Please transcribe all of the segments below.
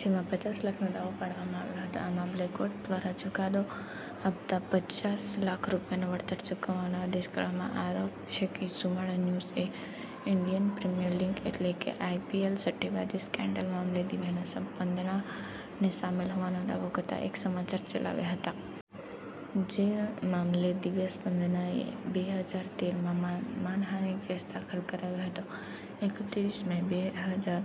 જેમાં પચાસ લાખનો દાવો પાડવામાં આવ્યો હતો આ મામલે કોર્ટ દ્વારા ચુકાદો આપતા પચાસ લાખ રૂપિયાનું વળતર ચૂકવવાનો આદેશ કરવામાં આવ્યો છે. આરોપ છે કે સુવર્ણ ન્યુઝ એ ઇન્ડિયન પ્રીમિયર લીગ એટલે કે આઈપીએલના સટ્ટેબાજી સ્કેન્ડલ મામલે દિવ્યા સ્પંદના ને સામેલ હોવાનો દાવો કરતા એક સમાચાર ચલાવ્યા હતા. જે મામલે દિવ્યા સ્પંદના એ બે હજાર તેર માં માનહાનિનો કેસ દાખલ કરાવ્યો હતો. એકત્રીસ મે બે હજાર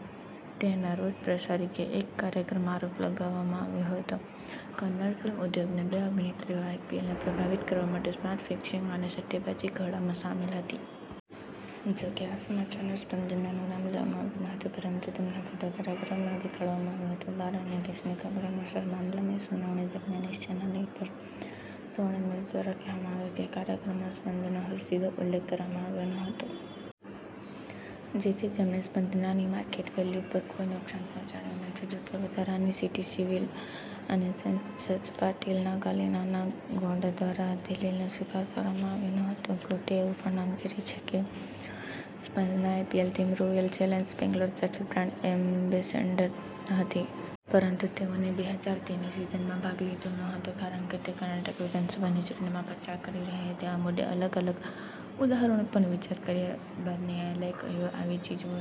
તેર ના રોજ પ્રસારી કે એક કાર્યક્રમમાં આરોપ લગાવવામાં આવ્યો હતો કે કન્નડ ફિલ્મ ઉદ્યોગને બે અભિનેત્રીઓ આઈપીએલને પ્રભાવિત કરવાવાળા સ્પોર્ટ ફિક્સિંગ અને સટ્ટેબાજી ખોળામાં સામેલ હતી. જોકે આ સમાચારમાં સ્પંદના નું નામ લેવામાં આવ્યું નહોતું પરંતુ તેમનો ફોટો કાર્યક્રમમાં દેખાડવામાં આવ્યો હતો. બાર અને ભેંસની ખબર અનુસાર મામલાની સુનાવણી દરમિયાન એશિયા નેટ અને સુવર્ણ ન્યુઝ દ્વારા કહેવામાં આવ્યું કે કાર્યક્રમમાં સ્પંદનો હોય સીધો ઉલ્લેખ કરવામાં આવ્યો નહોતો. જેથી તેમણે સ્પંદનાની માર્કેટ વેલ્યુ પર કોઈ નુકસાન પહોંચાડયું નથી જોકે વધારાના સિટી સિવિલ અને સેશન્સ જજ પાટીલ નાગાલિંગનગૌડા દ્વારા આ દલીલનો સ્વીકાર કરવામાં આવ્યો નહોતો. કોર્ટે એવું પણ નોંધ કરી છે કે Spandana IPL team Royal Challengers Bangalore તરફથી બ્રાન્ડ એમ્બેસેડર હતી. પરંતુ તેઓએ બે હજાર તેર ની સિઝનમાં ભાગ લીધો નહોતો કારણ કે તે કર્ણાટક વિધાનસભાની ચૂંટણીમાં પ્રચાર કરી રહી હતી. આ મુદ્દે અલગ-અલગ ઉદાહરણો પર વિચાર કર્યા બાદ ન્યાયાલય કહ્યું આવી ચીજો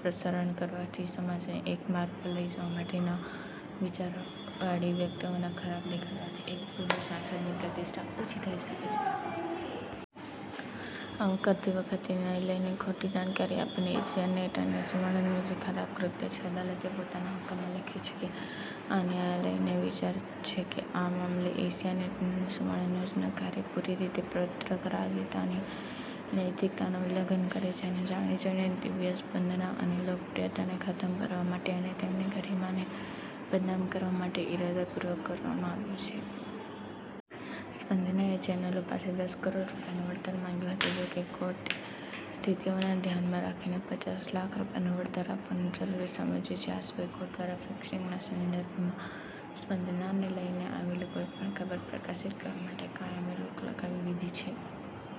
પ્રસારણ કરવાથી સમાજને એક માર્ગ પર લઈ જવા માટે ના વિચાર વાળી વ્યક્તિઓના ખરાબ દેખાડવાથી એક પૂર્વ સાંસદ ની પ્રતિષ્ઠા ઓછી થઈ છે. આવું કરતી વખતે ન્યાય લઈને ખોટી જાણકારી આપીને એશિયા નેટ અને સુવર્ણ ન્યુઝ એ ખરાબ કૃત્ય કર્યું છે. અદાલતે પોતાના હુકમમાં લખ્યું છે કે આ ન્યાયાલયનો વિચાર છે કે આ મામલે એશિયા નેટ અને સુવર્ણ ન્યૂઝ નું કાર્ય પૂરી રીતે પત્રકારિતા ની નૈતિકતાનું ઉલ્લંઘન કરે છે અને જાણી જોઈને દિવ્યા સ્પંદના અને લોકપ્રિયતાને ખતમ કરવા માટે અને તેમની ગરિમા ને બદનામ કરવા માટે ઈરાદાપૂર્વક કરવામાં આવ્યું છે. સ્પંદનાએ ચેનલો પાસે દસ કરોડ રૂપિયાનું વળતર માગ્યું હતું. જોકે કોર્ટે સ્થિતિઓને ધ્યાનમાં રાખીને પચાસ લાખ રૂપિયાનું વળતર આપવાનું જરૂરી સમજ્યુ છે, આ સિવાય કોર્ટ દ્વારા ફિક્સિંગ ના સંદર્ભમાં સ્પંદના ને લઈને આવેલી કોઇપણ ખબર પ્રકાશિત કરવા માટે કાયમી રોક લગાવી દીધી છે.